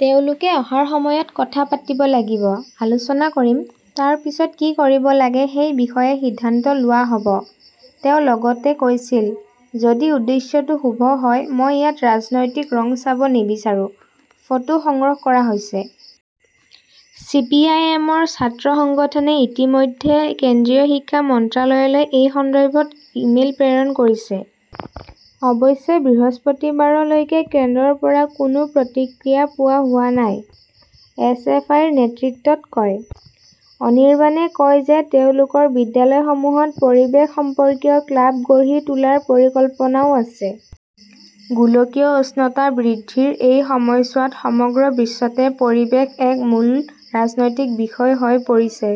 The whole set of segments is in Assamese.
তেওঁলোকে অহাৰ সময়ত কথা পাতিব লাগিব। আলোচনা কৰিম। তাৰ পিছত কি কৰিব লাগে সেই বিষয়ে সিদ্ধান্ত লোৱা হ’ব। তেওঁ লগতে কৈছিল, যদি উদ্দেশ্যটো শুভ হয়, মই ইয়াত ৰাজনৈতিক ৰং চাব নিবিচাৰো। ফটোঃ সংগ্ৰহ কৰা হৈছে। চিপিআইএমৰ ছাত্ৰ সংগঠনে ইতিমধ্যে কেন্দ্ৰীয় শিক্ষা মন্ত্ৰালয়লৈ এই সন্দৰ্ভত ই মেইল প্ৰেৰণ কৰিছে। অৱশ্যে বৃহস্পতিবাৰলৈকে কেন্দ্ৰৰ পৰা কোনো প্ৰতিক্ৰিয়া পোৱা হোৱা নাই, এছ. এফ. আই. ৰ নেতৃত্বত কয়। অনিৰভানে কয় যে তেওঁলোকৰ বিদ্যালয়সমূহত পৰিৱেশ সম্পৰ্কীয় ক্লাব গঢ়ি তোলাৰ পৰিকল্পনাও আছে। গোলকীয় উষ্ণতা বৃদ্ধিৰ এই সময়ছোৱাত সমগ্ৰ বিশ্বতে পৰিৱেশ এক মূল ৰাজনৈতিক বিষয় হৈ পৰিছে।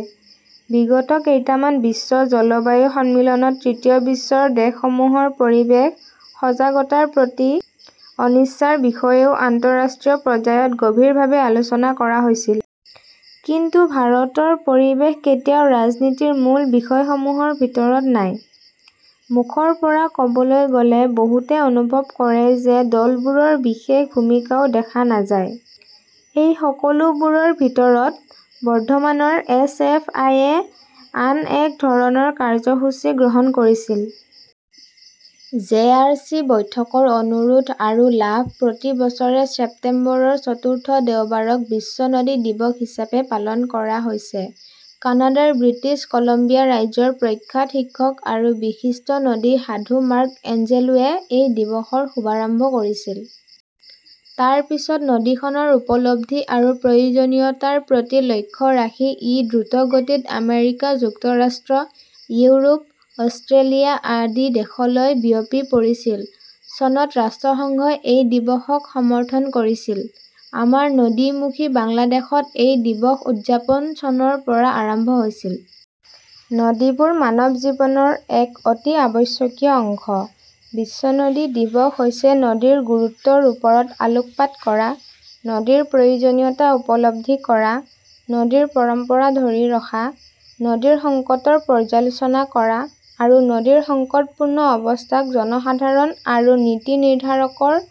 বিগত কেইটামান বিশ্ব জলবায়ু সন্মিলনত তৃতীয় বিশ্বৰ দেশসমূহৰ পৰিৱেশ সজাগতাৰ প্ৰতি অনিচ্ছাৰ বিষয়েও আন্তঃৰাষ্ট্ৰীয় পৰ্যায়ত গভীৰভাৱে আলোচনা কৰা হৈছিল। কিন্তু ভাৰতৰ পৰিৱেশ কেতিয়াও ৰাজনীতিৰ মূল বিষয়সমূহৰ ভিতৰত নাই। মুখৰ পৰা ক’বলৈ গ’লে, বহুতে অনুভৱ কৰে যে দলবোৰৰ বিশেষ ভূমিকাও দেখা নাযায়। এই সকলোবোৰৰ ভিতৰত, বৰ্ধমানৰ এছ. এফ. আই. য়ে আন এক ধৰণৰ কাৰ্যসূচী গ্ৰহণ কৰিছিল। জে. আৰ. চি. বৈঠকৰ অনুৰোধ আৰু লাভ প্ৰতি বছৰে ছেপ্টেম্বৰৰ চতুৰ্থ দেওবাৰক বিশ্ব নদী দিৱস হিচাপে পালন কৰা হৈছে। কানাডাৰ ব্ৰিটিছ কলম্বিয়া ৰাজ্যৰ প্ৰখ্যাত শিক্ষক আৰু বিশিষ্ট নদী সাধু মাৰ্ক এঞ্জেলোৱে এই দিৱসৰ শুভাৰম্ভ কৰিছিল। তাৰ পিছত নদীখনৰ উপলব্ধি আৰু প্ৰয়োজনীয়তাৰ প্ৰতি লক্ষ্য ৰাখি ই দ্ৰুতগতিত আমেৰিকা যুক্তৰাষ্ট্ৰ, ইউৰোপ, অষ্ট্ৰেলিয়া আদি দেশলৈ বিয়পি পৰিছিল। চনত ৰাষ্ট্ৰসংঘই এই দিৱসক সমৰ্থন কৰিছিল। আমাৰ নদী-মুখী বাংলাদেশত এই দিৱস উদযাপন চনৰ পৰা আৰম্ভ হৈছিল। নদীবোৰ মানৱ জীৱনৰ এক অতি অত্যাৱশ্যকীয় অংশ। বিশ্ব নদী দিৱস হৈছে নদীৰ গুৰুত্বৰ ওপৰত আলোকপাত কৰা, নদীৰ প্ৰয়োজনীয়তা উপলব্ধি কৰা, নদীৰ পৰম্পৰা ধৰি ৰখা, নদীৰ সংকটৰ পৰ্যালোচনা কৰা আৰু নদীৰ সংকটপূৰ্ণ অৱস্থাক জনসাধাৰণ আৰু নীতি নিৰ্ধাৰকৰ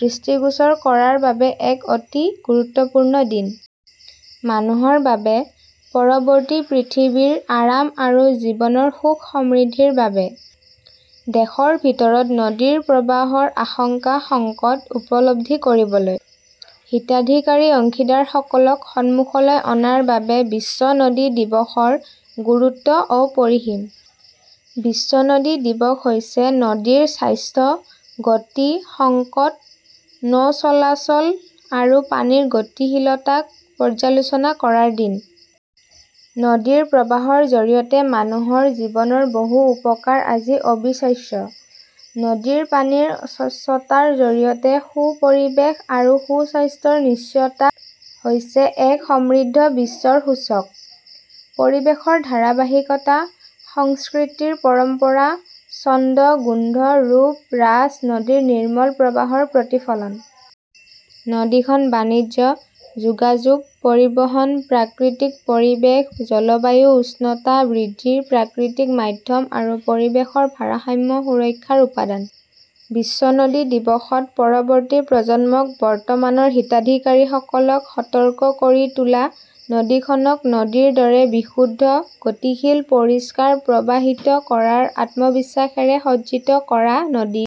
দৃষ্টিগোচৰ কৰাৰ বাবে এক অতি গুৰুত্বপূৰ্ণ দিন। মানুহৰ বাবে, পৰৱৰ্তী পৃথিৱীৰ আৰাম আৰু জীৱনৰ সুখ-সমৃদ্ধিৰ বাবে। দেশৰ ভিতৰত নদীৰ প্ৰবাহৰ আশংকা-সংকট উপলব্ধি কৰিবলৈ, হিতাধিকাৰী অংশীদাৰসকলক সন্মুখলৈ অনাৰ বাবে বিশ্ব নদী দিৱসৰ গুৰুত্ব অপৰিসীম। বিশ্ব নদী দিৱস হৈছে নদীৰ স্বাস্থ্য, গতি, সংকট, নৌ-চলাচল আৰু পানীৰ গতিশীলতাক পৰ্যালোচনা কৰাৰ দিন। নদীৰ প্ৰবাহৰ জৰিয়তে মানুহৰ জীৱনৰ বহু উপকাৰ আজি অবিশ্বাস্য। নদীৰ পানীৰ স্বচ্ছতাৰ জৰিয়তে সু-পৰিৱেশ আৰু সু-স্বাস্থ্যৰ নিশ্চয়তা হৈছে এক সমৃদ্ধ বিশ্বৰ সূচক। পৰিৱেশৰ ধাৰাবাহিকতা, সংস্কৃতিৰ পৰম্পৰা, ছন্দ, গোন্ধ, ৰূপ, ৰাছ নদীৰ নিৰ্মল প্ৰবাহৰ প্ৰতিফলন। নদীখন বাণিজ্য, যোগাযোগ, পৰিবহণ, প্ৰাকৃতিক পৰিৱেশ, জলবায়ু উষ্ণতা বৃদ্ধিৰ প্ৰাকৃতিক মাধ্যম আৰু পৰিৱেশৰ ভাৰসাম্য সুৰক্ষাৰ উপাদান। বিশ্ব নদী দিৱসত, পৰৱৰ্তী প্ৰজন্মক, বৰ্তমানৰ হিতাধিকাৰীসকলক সতৰ্ক কৰি তোলা, নদীখনক নদীৰ দৰে বিশুদ্ধ, গতিশীল, পৰিষ্কাৰ, প্ৰবাহিত কৰাৰ আত্মবিশ্বাসেৰে সজ্জিত কৰা। নদীৰ